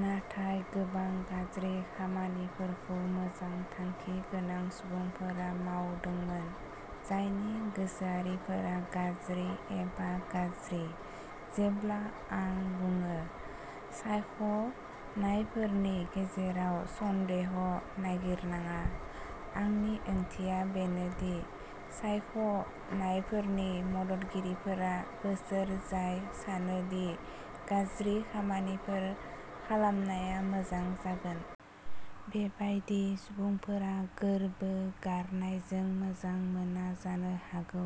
नाथाय गोबां गाज्रि खामानिफोरखौ मोजां थांखि गोनां सुबुंफोरा मावदोंमोन, जायनि गोसोआरिफोरा गाज्रि एबा गाज्रि। जेब्ला आं बुङो "सायख'नायफोरनि गेजेराव सन्देह'नागिरनाङा", आंनि ओंथिया बेनो दि सायख'नायफोरनि मददगिरिफोरा बैसोर जाय सानो दि गाज्रि खामानिफोर खालामनाया मोजां जागोन। बेबादि सुबुंफोरा गोर्बो गारनायखौ मोजां मोना जानो हागौ।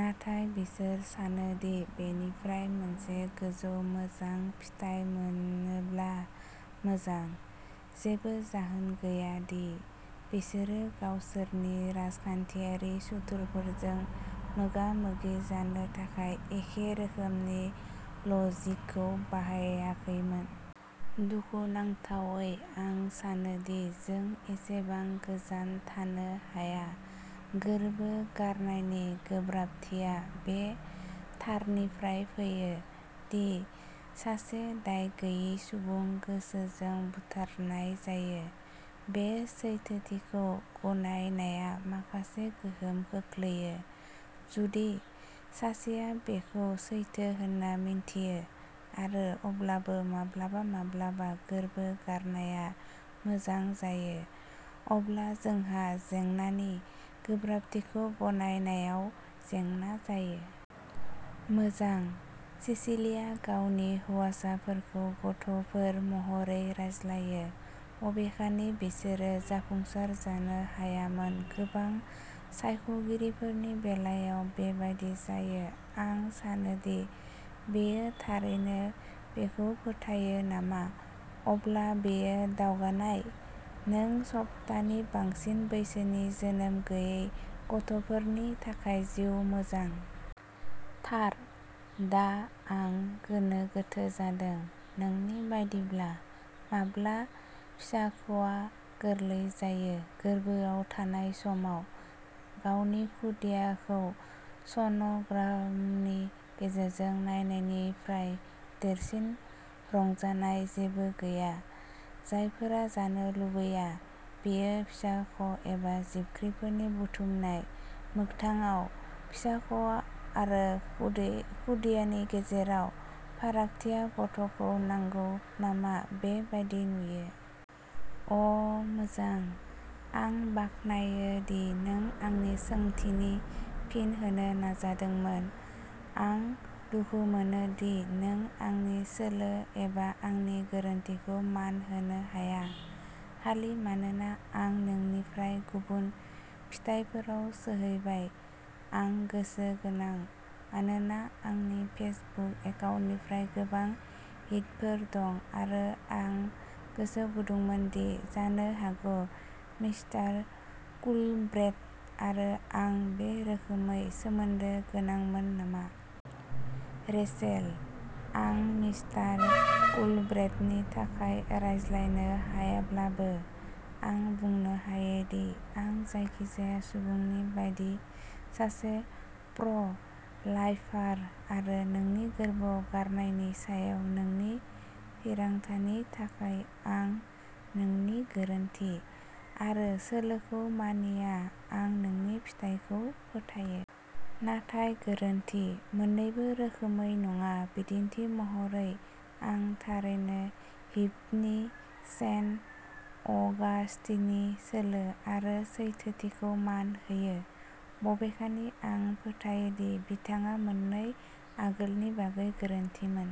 नाथाय बिसोर सानो दि बेनिफ्राय मोनसे गोजौ मोजां फिथाय मोनोब्ला मोजां। जेबो जाहोन गैया दि बिसोरो गावसोरनि राजखान्थियारि सुथुरफोरजों मोगा-मोगि जानो थाखाय एखे रोखोमनि लजिकखौ बाहायाखैमोन। दुखुनांथावै आं सानो दि जों एसेबां गोजान थांनो हाया। गोर्बो गारनायनि गोब्राबथिया बे थारनिफ्राय फैयो दि सासे दायगैयै सुबुंखौ गोसोजों बुथारनाय जायो। बे सैथोथिखौ गनायनाया माखासे गोहोम खोख्लैयो। जुदि सासेया बेखौ सैथो होन्ना मिन्थियो, आरो अब्लाबो माब्लाबा माब्लाबा गोर्बो गारनाया मोजां जायो, अब्ला जोंहा "जेंनानि गोब्राबथिखौ गनायनायाव" जेंना जायो। मोजां, सिसिलिआ गावनि हौवासाफोरखौ गथ'फोर महरै रायज्लायो, बबेखानि बिसोरो जाफुंसार जानो हायामोन। गोबां सायख'गिरिफोरनि बेलायाव बेबादि जायो। आं सानो दि बियो थारैनो बेखौ फोथायो नामा। अब्ला बेयो दावगानाय! नों सप्तानि बांसिन बैसोनि जोनोम गैयै गथ'फोरनि थाखाय जिउ मोजां! थार? दा आं गोनो गोथो जादों। नोंनि बायदिब्ला, माब्ला फिसाख'आ गोरलै जायो? गोर्बोआव थानाय समाव, गावनि खुदियाखौ सन'ग्रामनि गेजेरजों नायनायनिफ्राय देरसिन रंजानाय जेबो गैया। जायफोरा जानो लुबैया, बेयो फिसाख'एबा जिबख्रिफोरनि बुथुमनाय। मोगथाङाव, फिसाख'आरो खुदियानि गेजेराव फारागथिया गथ'खौ नांगौ नामा, बे बायदि नुयो। अ'मोजां। आं बाख्नायो दि नों आंनि सोंथिनि फिन होनो नाजादोंमोन। आं दुखु मोनो दि नों आंनि सोलो एबा आंनि गोरोनथिखौ मान होनो हाया, खालि मानोना आं नोंनिनिफ्राय गुबुन फिथाइफोराव सौहैबाय। आं गोसोगोनां, मानोना आंनि फेसबुक एकाउन्टनिफ्राय गोबां हिटफोर दं, आरो आं गोसोगुदुंमोन दि जानो हागौ मिस्टार कुलब्रेथ आरो आं बे रोखोमै सोमोन्दो गोनांमोन नामा। रेचेल, आं मिस्टार कुलब्रेथनि थाखाय रायज्लायनो हायाब्लाबो, आं बुंनो हायोदि आं जायखिजाया सुबुंनि बायदि सासे प्र'- लाइफार, आरो नोंनि गोर्बोआव गारनायनि सायाव नोंनि थिरांथानि थाखाय आं नोंनि गोरोनथि आरो सोलोखौ मानिया। आं नोंनि फिथाइफोरखौ फोथायो। नाथाय, गोरोन्थि। मोननैबो रोखोमसे नङा। बिदिन्थि महरै, आं थारैनो हिप्प'नि सेन्ट अगास्टिननि सोलो आरो सैथोथिखौ मान होयो, बबेखानि आं फोथायो दि बिथाङा मोननै आगोलनि बागै गोरोन्थिमोन।